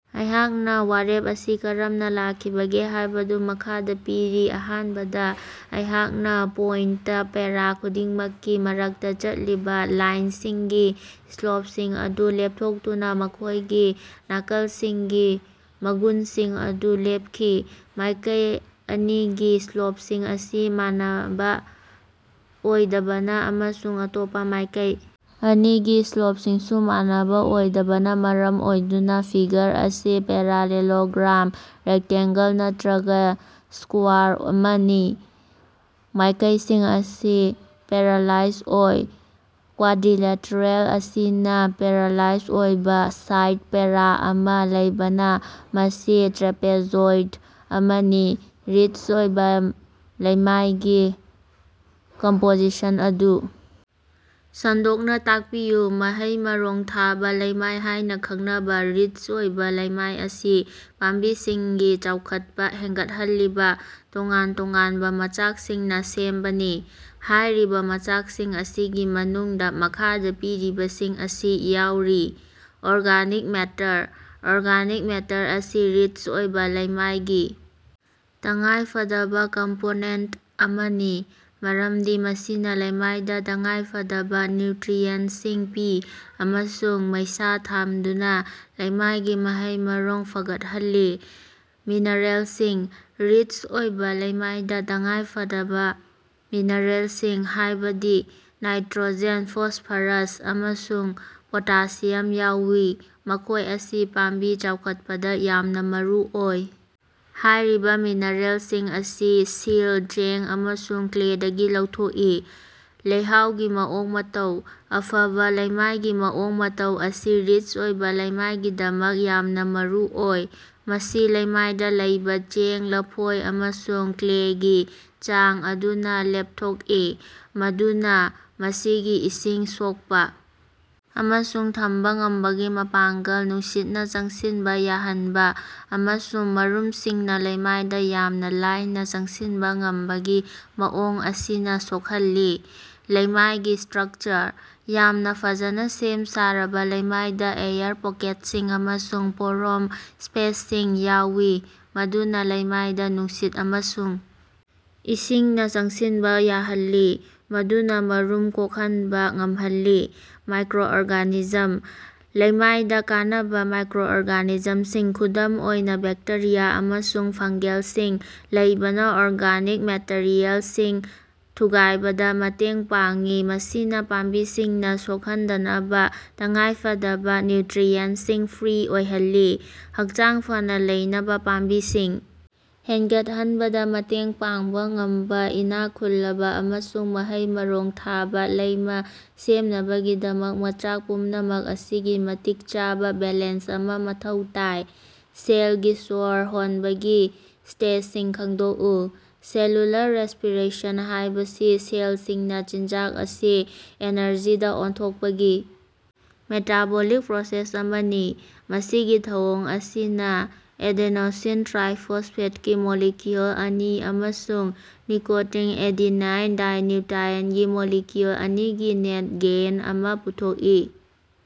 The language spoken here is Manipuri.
ꯑꯩꯍꯥꯛꯅ ꯋꯥꯔꯦꯞ ꯑꯁꯤ ꯀꯔꯝꯅꯥ ꯂꯥꯛꯈꯤꯕꯒꯦ ꯍꯥꯏꯕꯗꯨ ꯃꯈꯥꯗꯥ ꯄꯤꯔꯤ: ꯑꯍꯥꯟꯕꯗ, ꯑꯩꯍꯥꯛꯅ ꯄꯣꯏꯟꯇ ꯄꯦꯔꯥ ꯈꯨꯗꯤꯡꯃꯛꯀꯤ ꯃꯔꯛꯇ ꯆꯠꯂꯤꯕ ꯂꯥꯏꯟꯁꯤꯡꯒꯤ ꯁ꯭ꯂꯣꯞꯁꯤꯡ ꯑꯗꯨ ꯂꯦꯞꯊꯣꯛꯇꯨꯅ ꯃꯈꯣꯏꯒꯤ ꯅꯥꯀꯜꯁꯤꯡꯒꯤ ꯃꯒꯨꯟꯁꯤꯡ ꯑꯗꯨ ꯂꯦꯞꯈꯤ꯫ ꯃꯥꯏꯀꯩ ꯑꯅꯤꯒꯤ ꯁ꯭ꯂꯣꯞꯁꯤꯡ ꯑꯁꯤ ꯃꯥꯟꯅꯕ ꯑꯣꯏꯗꯕꯅ ꯑꯃꯁꯨꯡ ꯑꯇꯣꯞꯄꯥ ꯃꯥꯏꯀꯩ ꯑꯅꯤꯒꯤ ꯁ꯭ꯂꯣꯞꯁꯤꯡꯁꯨ ꯃꯥꯟꯅꯕ ꯑꯣꯏꯗꯕꯅ ꯃꯔꯝ ꯑꯣꯏꯗꯨꯅ ꯐꯤꯒꯔ ꯑꯁꯤ ꯄꯦꯔꯥꯂꯦꯂꯣꯒ꯭ꯔꯥꯝ, ꯔꯦꯛꯇꯟꯖꯜ ꯅꯠꯇꯔꯒ ꯁ꯭ꯀꯋꯥꯔ ꯑꯃꯅꯤ꯫ ꯃꯥꯏꯀꯩꯁꯤꯡ ꯑꯁꯤ ꯄꯦꯔꯥꯂꯥꯏꯖ ꯑꯣꯏ꯫ ꯀ꯭ꯋꯥꯗ꯭ꯔꯤꯂꯦꯇꯔꯦꯜ ꯑꯁꯤꯅ ꯄꯦꯔꯥꯂꯥꯏꯖ ꯑꯣꯏꯕ ꯁꯥꯏꯗ ꯄꯦꯔꯥ ꯑꯃꯥ ꯂꯩꯕꯅ ꯃꯁꯤ ꯇ꯭ꯔꯦꯄꯦꯖꯣꯏꯗ ꯑꯃꯅꯤ꯫ ꯔꯤꯆ ꯑꯣꯏꯕ ꯂꯩꯃꯥꯏꯒꯤ ꯀꯝꯄꯣꯖꯤꯁꯟ ꯑꯗꯨ ꯁꯟꯗꯣꯛꯅ ꯇꯥꯛꯄꯤꯌꯨ꯫ ꯃꯍꯩ-ꯃꯔꯣꯡ ꯊꯥꯕ ꯂꯩꯃꯥꯏ ꯍꯥꯏꯅ ꯈꯪꯅꯕ ꯔꯤꯆ ꯑꯣꯏꯕ ꯂꯩꯃꯥꯏ ꯑꯁꯤ ꯄꯥꯝꯕꯤꯁꯤꯡꯒꯤ ꯆꯥꯎꯈꯠꯄ ꯍꯦꯟꯒꯠꯍꯜꯂꯤꯕ ꯇꯣꯉꯥꯟ-ꯇꯣꯉꯥꯟꯕ ꯃꯆꯥꯛꯁꯤꯡꯅ ꯁꯦꯝꯕꯅꯤ꯫ ꯍꯥꯏꯔꯤꯕ ꯃꯆꯥꯛꯁꯤꯡ ꯑꯁꯤꯒꯤ ꯃꯅꯨꯡꯗ ꯃꯈꯥꯗ ꯄꯤꯔꯤꯕꯁꯤꯡ ꯑꯁꯤ ꯌꯥꯎꯔꯤ: ꯑꯣꯔꯒꯥꯅꯤꯛ ꯃꯦꯇꯔ: ꯑꯣꯔꯒꯥꯅꯤꯛ ꯃꯦꯇꯔ ꯑꯁꯤ ꯔꯤꯆ ꯑꯣꯏꯕ ꯂꯩꯃꯥꯏꯒꯤ ꯇꯉꯥꯏꯐꯗꯕ ꯀꯝꯄꯣꯅꯦꯟꯇ ꯑꯃꯅꯤ, ꯃꯔꯝꯗꯤ ꯃꯁꯤꯅ ꯂꯩꯃꯥꯏꯗ ꯇꯉꯥꯏꯐꯗꯕ ꯅ꯭ꯌꯨꯇꯔꯤꯑꯦꯟꯇꯁꯤꯡ ꯄꯤ ꯑꯃꯁꯨꯡ ꯃꯩꯁꯥ ꯊꯝꯗꯨꯅ ꯂꯩꯃꯥꯏꯒꯤ ꯃꯍꯩ-ꯃꯔꯣꯡ ꯐꯒꯠꯍꯜꯂꯤ꯫ ꯃꯤꯅꯔꯦꯜꯁꯤꯡ: ꯔꯤꯆ ꯑꯣꯏꯕ ꯂꯩꯃꯥꯏꯗ ꯇꯉꯥꯏꯐꯗꯕ ꯃꯤꯅꯔꯦꯜꯁꯤꯡ, ꯍꯥꯏꯕꯗꯤ ꯅꯥꯏꯇꯔꯣꯖꯦꯟ, ꯐꯣꯁꯐꯔꯁ, ꯑꯃꯁꯨꯡ ꯄꯣꯇꯥꯁꯤꯌꯝ ꯌꯥꯎꯏ, ꯃꯈꯣꯏ ꯑꯁꯤ ꯄꯥꯝꯕꯤ ꯆꯥꯎꯈꯠꯄꯗ ꯌꯥꯝꯅ ꯃꯔꯨꯑꯣꯏ꯫ ꯍꯥꯏꯔꯤꯕ ꯃꯤꯅꯔꯦꯜꯁꯤꯡ ꯑꯁꯤ ꯁꯤꯜ, ꯆꯦꯡ ꯑꯃꯁꯨꯡ ꯀ꯭ꯂꯦꯗꯒꯤ ꯂꯧꯊꯣꯛꯏ꯫ ꯂꯩꯍꯥꯎꯒꯤ ꯃꯑꯣꯡ-ꯃꯇꯧ: ꯑꯐꯕ ꯂꯩꯃꯥꯏꯒꯤ ꯃꯑꯣꯡ-ꯃꯇꯧ ꯑꯁꯤ ꯔꯤꯆ ꯑꯣꯏꯕ ꯂꯩꯃꯥꯏꯒꯤꯗꯃꯛ ꯌꯥꯝꯅ ꯃꯔꯨꯑꯣꯏ꯫ ꯃꯁꯤ ꯂꯩꯃꯥꯏꯗ ꯂꯩꯕ ꯆꯦꯡ, ꯂꯐꯣꯏ ꯑꯃꯁꯨꯡ ꯀ꯭ꯂꯦꯒꯤ ꯆꯥꯡ ꯑꯗꯨꯅ ꯂꯦꯞꯊꯣꯛꯏ, ꯃꯗꯨꯅ ꯃꯁꯤꯒꯤ ꯏꯁꯤꯡ ꯁꯣꯛꯄ ꯑꯃꯁꯨꯡ ꯊꯝꯕ ꯉꯝꯕꯒꯤ ꯃꯄꯥꯡꯒꯜ, ꯅꯨꯡꯁꯤꯠꯅ ꯆꯪꯁꯤꯟꯕ ꯌꯥꯍꯟꯕ, ꯑꯃꯁꯨꯡ ꯃꯔꯨꯝꯁꯤꯡꯅ ꯂꯩꯃꯥꯏꯗ ꯌꯥꯝꯅ ꯂꯥꯏꯅ ꯆꯪꯁꯤꯟꯕ ꯉꯝꯕꯒꯤ ꯃꯑꯣꯡ ꯑꯁꯤꯅ ꯁꯣꯛꯍꯜꯂꯤ꯫ ꯂꯩꯃꯥꯏꯒꯤ ꯁ꯭ꯇꯔꯛꯆꯔ: ꯌꯥꯝꯅ ꯐꯖꯅ ꯁꯦꯝ-ꯁꯥꯔꯕ ꯂꯩꯃꯥꯏꯗꯥ ꯑꯦꯌꯔ ꯄꯣꯀꯦꯠꯁꯤꯡ ꯑꯃꯁꯨꯡ ꯄꯣꯔꯣꯝ ꯁ꯭ꯄꯦꯁꯁꯤꯡ ꯌꯥꯎꯏ ꯃꯗꯨꯅ ꯂꯩꯃꯥꯏꯗ ꯅꯨꯡꯁꯤꯠ ꯑꯃꯁꯨꯡ ꯏꯁꯤꯡꯅ ꯆꯪꯁꯤꯟꯕ ꯌꯥꯍꯜꯂꯤ, ꯃꯗꯨꯅ ꯃꯔꯨꯝ ꯀꯣꯛꯍꯟꯕ ꯉꯝꯍꯜꯂꯤ꯫ ꯃꯥꯏꯀꯔꯣꯑꯣꯔꯒꯥꯅꯤꯖꯝ: ꯂꯩꯃꯥꯏꯗ ꯀꯥꯟꯅꯕ ꯃꯥꯏꯀꯔꯣꯑꯣꯔꯒꯥꯅꯤꯖꯝꯁꯤꯡ, ꯈꯨꯗꯝ ꯑꯣꯏꯅ ꯕꯦꯛꯇꯦꯔꯤꯌꯥ ꯑꯃꯁꯨꯡ ꯐꯪꯒꯦꯜꯁꯤꯡ ꯂꯩꯕꯅ ꯑꯣꯔꯒꯥꯅꯤꯛ ꯃꯦꯇꯔꯤꯑꯦꯜꯁꯤꯡ ꯊꯨꯒꯥꯏꯕꯗ ꯃꯇꯦꯡ ꯄꯥꯡꯏ, ꯃꯁꯤꯅ ꯄꯥꯝꯕꯤꯁꯤꯡꯅ ꯁꯣꯛꯍꯟꯗꯅꯕ ꯇꯉꯥꯏꯐꯗꯕ ꯅ꯭ꯌꯨꯇꯔꯤꯑꯦꯟꯠꯁꯤꯡ ꯐ꯭ꯔꯤ ꯑꯣꯏꯍꯜꯂꯤ꯫ ꯍꯛꯆꯥꯡ ꯐꯅꯥ ꯂꯩꯅꯕ ꯄꯥꯝꯕꯤꯁꯤꯡ ꯍꯦꯟꯒꯠꯍꯟꯕꯗ ꯃꯇꯦꯡ ꯄꯥꯡꯕ ꯉꯝꯕ ꯏꯅꯥꯛ ꯈꯨꯜꯂꯕ ꯑꯃꯁꯨꯡ ꯃꯍꯩ-ꯃꯔꯣꯡ ꯊꯥꯕ ꯂꯩꯃꯥꯥ ꯁꯦꯝꯅꯕꯒꯤꯗꯃꯛ ꯃꯆꯥꯛ ꯄꯨꯝꯅꯃꯛ ꯑꯁꯤꯒꯤ ꯃꯇꯤꯛ ꯆꯥꯕ ꯕꯦꯂꯦꯟꯁ ꯑꯃꯥ ꯃꯊꯧ ꯇꯥꯏ꯫ ꯁꯦꯜꯒꯤ ꯁ꯭ꯋꯔ ꯍꯣꯟꯕꯒꯤ ꯁ꯭ꯇꯦꯖꯁꯤꯡ ꯈꯪꯗꯣꯛꯎ꯫ ꯁꯦꯜꯌꯨꯂꯔ ꯔꯦꯁ꯭ꯄꯤꯔꯦꯁꯟ ꯍꯥꯏꯕꯁꯤ ꯁꯦꯜꯁꯤꯡꯅ ꯆꯤꯟꯖꯥꯛ ꯑꯁꯤ ꯑꯦꯅꯔꯖꯤꯗꯥ ꯑꯣꯟꯊꯣꯛꯄꯒꯤ ꯃꯦꯇꯥꯕꯣꯂꯤꯛ ꯄ꯭ꯔꯣꯁꯦꯁ ꯑꯃꯅꯤ꯫ ꯃꯁꯤꯒꯤ ꯊꯧꯑꯣꯡ ꯑꯁꯤꯅꯥ ꯑꯦꯗ‌ꯦꯅ‌ꯣꯁꯤꯟ ꯇꯔꯥꯏꯐ‌ꯣꯁꯐ‌ꯦꯠꯒꯤ ꯃꯣꯂꯤꯀꯌꯨꯜ ꯑꯅꯤ ꯑꯃꯁꯨꯡ ꯅꯤꯀ‌ꯣꯇꯤꯟ ꯑꯦꯗ‌ꯦꯅꯥꯏꯟ ꯗꯥꯏꯅꯌꯨꯇꯥꯏꯠꯒꯤ ꯃꯣꯂꯤꯀꯌꯨꯜ ꯑꯅꯤꯒꯤ ꯅꯦꯠ ꯒꯦꯏꯟ ꯑꯃꯥ ꯄꯨꯊꯣꯛꯏ꯫